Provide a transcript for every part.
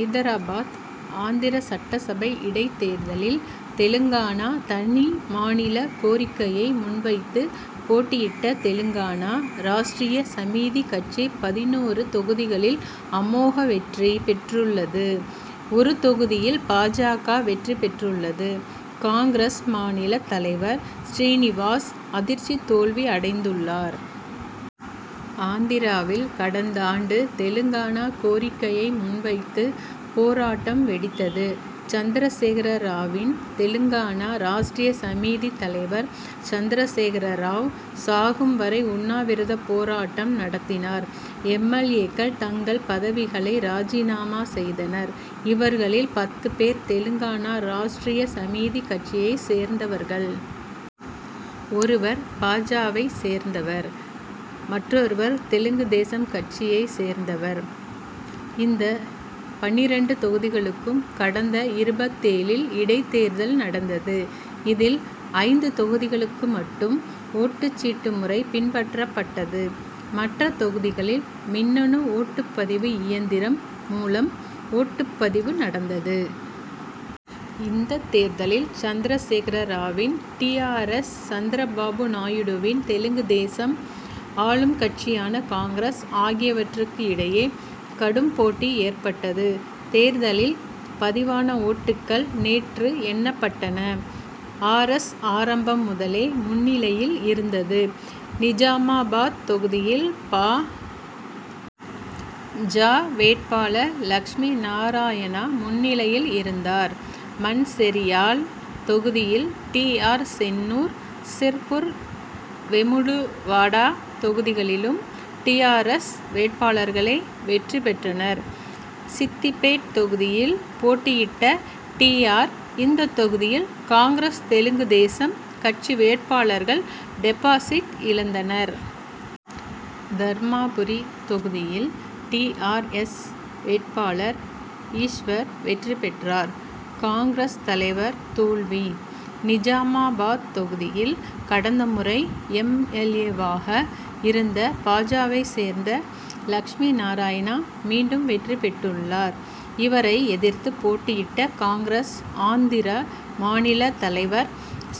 ஐதராபாத் ஆந்திர சட்டசபை இடைத் தேர்தலில், தெலுங்கானா தனி மாநில கோரிக்கையை முன்வைத்து போட்டியிட்ட தெலுங்கானா ராஷ்டிரிய சமிதி கட்சி, பதினொரு தொகுதிகளில் அமோக வெற்றி பெற்றுள்ளது. ஒரு தொகுதியில் பா. ஜ., வெற்றி பெற்றுள்ளது. காங்ரஸ்., மாநில தலைவர் ஸ்ரீநிவாஸ் அதிர்ச்சி தோல்வி அடைந்துள்ளார். ஆந்திராவில் கடந்தாண்டு தெலுங்கானா கோரிக்கையை முன்வைத்து, போராட்டம் வெடித்தது. சந்திரசேகர ராவின் தெலுங்கானா ராஷ்டிரிய சமிதி தலைவர் சந்திரசேகர ராவ், சாகும் வரை உண்ணாவிரத போராட்டம் நடத்தினார். எம்.எல். ஏ.,க்கள் தங்கள் பதவிகளை ராஜினாமா செய்தனர். இவர்களில் பத்து பேர் தெலுங்கானா ராஷ்டிரிய சமிதி கட்சியை சேர்ந்தவர்கள். ஒருவர் பா. ஜ.,வைச் சேர்ந்தவர். மற்றொருவர் தெலுங்கு தேசம் கட்சியை சேர்ந்தவர். இந்த பன்னிரண்டு தொகுதிகளுக்கும் கடந்த இருபத்தேழில் இடைத்தேர்தல் நடந்தது. இதில், ஐந்து தொகுதிகளுக்கு மட்டும் ஓட்டுச் சீட்டு முறை பின்பற்றப்பட்டது. மற்ற தொகுதிகளில் மின்னணு ஓட்டுப் பதிவு இயந்திரம் மூலம் ஓட்டுப் பதிவு நடந்தது. இந்த தேர்தலில் சந்திரசேகர ராவின் டி. ஆர். எஸ்., சந்திரபாபு நாயுடுவின் தெலுங்கு தேசம், ஆளும் கட்சியான காங்கிரஸ் ஆகியவற்றுக்கு இடையே கடும் போட்டி ஏற்பட்டது. தேர்தலில் பதிவான ஓட்டுகள் நேற்று எண்ணப்பட்டன. ஆர். எஸ்., ஆரம்பம் முதலே முன்னணியில் இருந்தது. நிஜாமாபாத் தொகுதியில் பா. ஜ., வேட்பாளர் லஷ்மி நாராயணா முன்னணியில் இருந்தார். மன்செரியால் தொகுதியில் டி. ஆர். சென்னூர், சிர்புர், வெமுலுவாடா தொகுதிகளிலும் டி. ஆர். எஸ்., வேட்பாளர்களே வெற்றி பெற்றனர். சித்திபேட் தொகுதியில் போட்டியிட்ட டி. ஆர். இந்த தொகுதியில் காங்கிரஸ், தெலுங்கு தேசம் கட்சி வேட்பாளர்கள் டிபாசிட் இழந்தனர். தர்மாபுரி தொகுதியில் டி. ஆர். எஸ்., வேட்பாளர் ஈஸ்வர் வெற்றி பெற்றார். காங்ரஸ்., தலைவர் தோல்வி: நிஜாமாபாத் தொகுதியில் கடந்த முறை எம். எல். ஏ.,வாக இருந்த பா. ஜ.,வைச் சேர்ந்த லட்சுமி நாராயணா, மீண்டும் வெற்றி பெற்றுள்ளார். இவரை எதிர்த்து போட்டியிட்ட காங்கிரஸ் ஆந்திர மாநில தலைவர்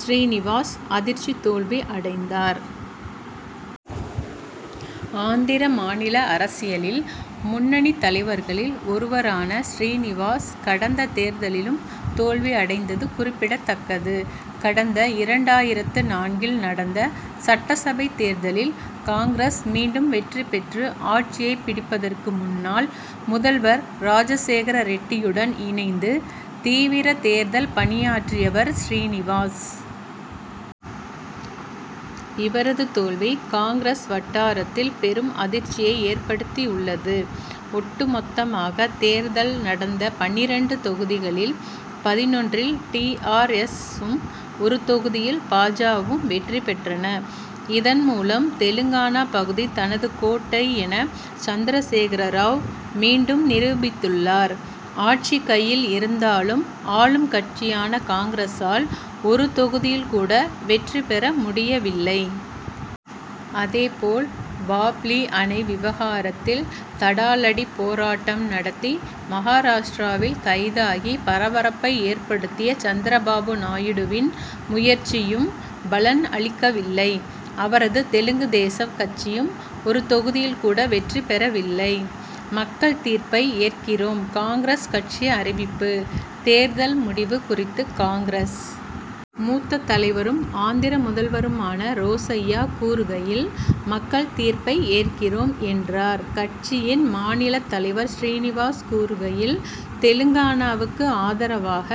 ஸ்ரீநிவாஸ் அதிர்ச்சி தோல்வி அடைந்தார். ஆந்திர மாநில அரசியலில் முன்னணி தலைவர்களில் ஒருவரான ஸ்ரீநிவாஸ், கடந்த தேர்தலிலும் தோல்வி அடைந்தது குறிப்பிடத்தக்கது. கடந்த இரண்டாயிரத்து நான்கில் நடந்த சட்டசபை தேர்தலில் காங்கிரஸ் மீண்டும் வெற்றி பெற்று, ஆட்சியை பிடிப்பதற்கு முன்னாள் முதல்வர் ராஜசேகர ரெட்டியுடன் இணைந்து, தீவிர தேர்தல் பணியாற்றிவர் ஸ்ரீநிவாஸ். இவரது தோல்வி, காங்கிரஸ் வட்டாரத்தில் பெரும் அதிர்ச்சியை ஏற்படுத்தியுள்ளது. ஒட்டுமொத்தமாக, தேர்தல் நடந்த பன்னிரண்டு தொகுதிகளில் பதினொன்றில் டி. ஆர். எஸ்.,சும், ஒரு தொகுதியில் பா. ஜ.,வும் வெற்றி பெற்றன. இதன்மூலம், தெலுங்கானா பகுதி தனது கோட்டை என, சந்திரசேகர ராவ் மீண்டும் நிரூபித்துள்ளார். ஆட்சி கையில் இருந்தாலும், ஆளும் கட்சியான காங்கிரசால் ஒரு தொகுதியில் கூட வெற்றி பெற முடியவில்லை. அதேபோல், பாப்லி அணை விவகாரத்தில் தடாலடி போராட்டம் நடத்தி, மகாராஷ்டிராவில் கைதாகி பரபரப்பை ஏற்படுத்திய சந்திரபாபு நாயுடுவின் முயற்சியும் பலன் அளிக்கவில்லை. அவரது தெலுங்கு தேசம் கட்சியும் ஒரு தொகுதியில் கூட வெற்றி பெறவில்லை. மக்கள் தீர்ப்பை ஏற்கிறோம் காங்கிரஸ் கட்சி அறிவிப்பு: தேர்தல் முடிவு குறித்து காங்ரஸ்., மூத்த தலைவரும், ஆந்திர முதல்வருமான ரோசய்யா கூறுகையில்,"மக்கள் தீர்ப்பை ஏற்கிறோம்'என்றார். கட்சியின் மாநில தலைவர் ஸ்ரீநிவாஸ் கூறுகையில், "தெலுங்கானாவுக்கு ஆதரவாக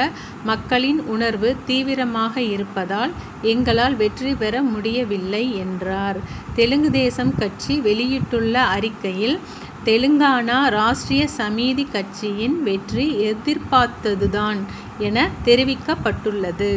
மக்களின் உணர்வு தீவிரமாக இருப்பதால், எங்களால் வெற்றி பெற முடியவில்லை' என்றார். தெலுங்கு தேசம் கட்சி வெளியிட்டுள்ள அறிக்கையில்,"தெலுங்கானா ராஷ்டிரிய சமிதி கட்சியின் வெற்றி, எதிர்பார்த்தது தான்' என, தெரிவிக்கப்பட்டுள்ளது.